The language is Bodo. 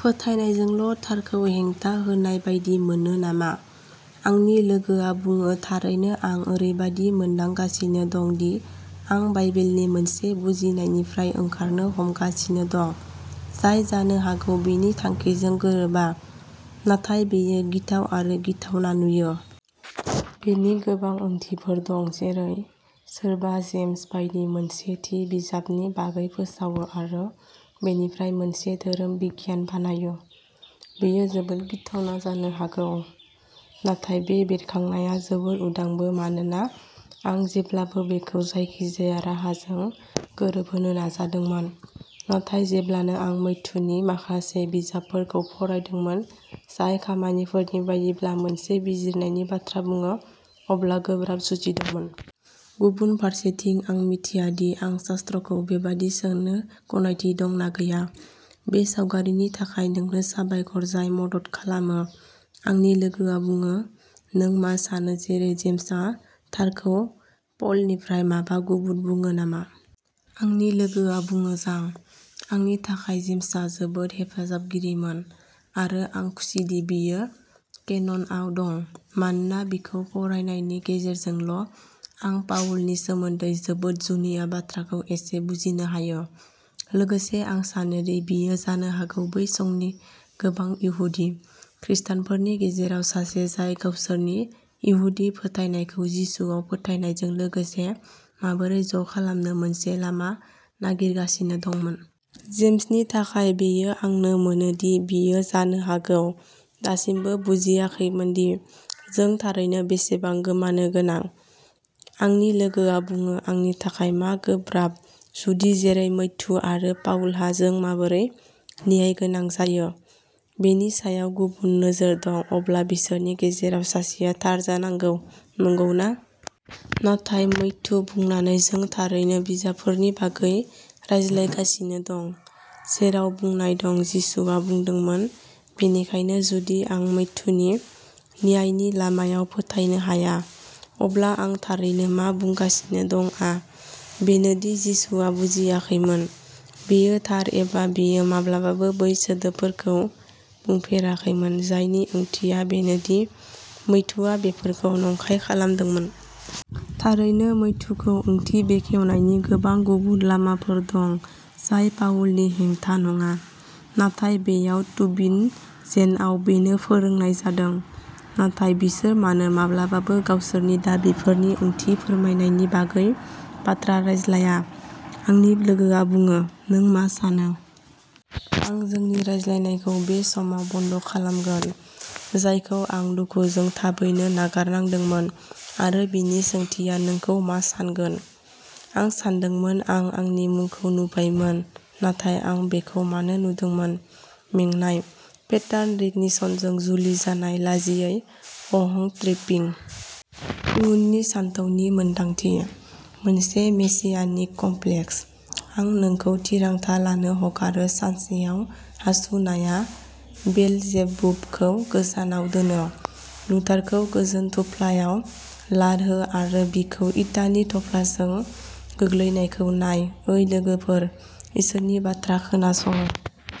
फोथायनायजोंल' थारखौ हेंथा होनाय बायदि मोनो नामा? आंनि लोगोआ बुङो थारैनो आं ओरैबायदि मोनदांगासिनो दं दि आं बाइबेलनि मोनसे बुजिनायनिफ्राय ओंखारनो हमगासिनो दं, जाय जानो हागौ बेनि थांखिजों गोरोबा। नाथाय बेयो गिथाव आरो गिथावना नुयो। बेनि गोबां ओंथिफोर दं जेरै, सोरबा जेम्स बायदि मोनसे थि बिजाबनि बागै फोसावो आरो बेनिफ्राय मोनसे धोरोम बिगियान बानायो, बेयो जोबोद गिथावना जानो हागौ। नाथाय बे बेरखांनाया जोबोद उदांबो मानोना आं जेब्लाबो बेखौ जायखिजाया राहाजों गोरोबहोनो नाजादोंमोन, नाथाय जेब्लानो आं मैथ्यूनि माखासे बिजाबफोरखौ फरायदोंमोन, जाय खामानिफोरनि बायदिब्ला मोनसे बिजिरनायनि बाथ्रा बुङो, अब्ला गोब्राब जुजिदोंमोन। गुबुन फारसेथिं आं मिथिया दि आं शास्त्रखौ बेबादि सोंनो गनायथि दं ना गैया। बे सावगारिनि थाखाय नोंनो साबायखर जाय मदद खालामो। आंनि लोगोआ बुङो "नों मा सानो जेरै जेम्सआ थारखौ प'लनिफ्राय माबा गुबुन बुङो नामा?" आंनि लोगोआ बुङो जां, आंनि थाखाय जेम्सआ जोबोद हेफाजाबगिरिमोन आरो आं खुसिदि बियो केननआव दं, मानोना बिखौ फरायनायनि गेजेरजोंल'आं पाउलनि सोमोन्दै जोबोद जुनिया बाथ्राखौ एसे बुजिनो हायो। लोगोसे आं सानोदि बियो जानो हागौ बै समनि गोबां इहुदि खृस्टानफोरनि गेजेराव सासे जाय गावसोरनि इहुदि फोथायनायखौ जिसुआव फोथायनायजों लोगोसे माबोरै ज' खालामनो मोनसे लामा नागिरगासिनो दंमोन। जेम्सनि थाखाय बेयो आंनो मोनो दि बियो जानो हागौ दासिमबो बुजियाखैमोनदि जों थारैनो बेसेबां गोमानो गोनां? आंनि लोगोआ बुङो "आंनि थाखाय मा गोब्राब" जुदि जेरै मैथ्यु आरो पाउलहा जों माबोरै न्यायगोनां जायो बेनि सायाव गुबुन नोजोर दं, अब्ला बिसोरनि गेजेराव सासेआ थार जानांगौ, नंगौना? नाथाय मैथ्यु बुंनानै जों थारैनो बिजाबफोरनि बागै रायलायगासिनो दं जेराव बुंनाय दं जिसुआ बुंदोंमोन बेनिखायनो जुदि आं मैथ्युनि न्यायनि लामायाव फोथायनो हाया, अब्ला आं थारैनो मा बुंगासिनो दंआ बेनो दि जिसुआ बुजियाखैमोन। बेयो थार एबा बियो माब्लाबाबो बै सोदोबफोरखौ बुंफेराखैमोन, जायनि ओंथिया बेनोदि मैथ्युआ बेफोरखौ नंखाय खालामदोंमोन। थारैनो मैथ्युखौ ओंथि बेखेवनायनि गोबां गुबुन लामाफोर दं जाय पाउलनि हेंथा नङा, नाथाय बेयाव तुबिनजेनआव बेनो फोरोंनाय जादों। नाथाय बिसोर मानो माब्लाबाबो गावसोरनि दाबिफोरनि ओंथि फोरमायनायनि बागै बाथ्रा रायज्लाया? आंनि लोगोआ बुङो "नों मा सानो? आं जोंनि रायज्लायनायखौ बे समाव बन्द' खालामगोन, जायखौ आं दुखुजों थाबैनो नागारनांदोंमोन आरो बिनि सोंथिया नोंखौ मा सान्गोन? आं सानदोंमोन आं आंनि मुंखौ नुबायमोन। नाथाय आं बेखौ मानो नुदोंमोन? मेंनाय? पेटार्न रिकग्निशनजों जुलि जानाय लाजियै अहं-ट्रिपिं? इयुननि सानथौनि मोनदांथि? मोनसे मेसियानिक कमप्लेक्स? आं नोंखौ थिरांथा लानो हगारो"। सानसेयाव हासुनाया बेलजेबुबखौ गोजानाव दोनो लुथारखौ गोजोन थफ्लायाव लात हो आरो बिखौ इटानि थफ्लाजों गोग्लैनायखौ नाय ओइ लोगोफोर, इसोरनि बाथ्रा खोनासङो।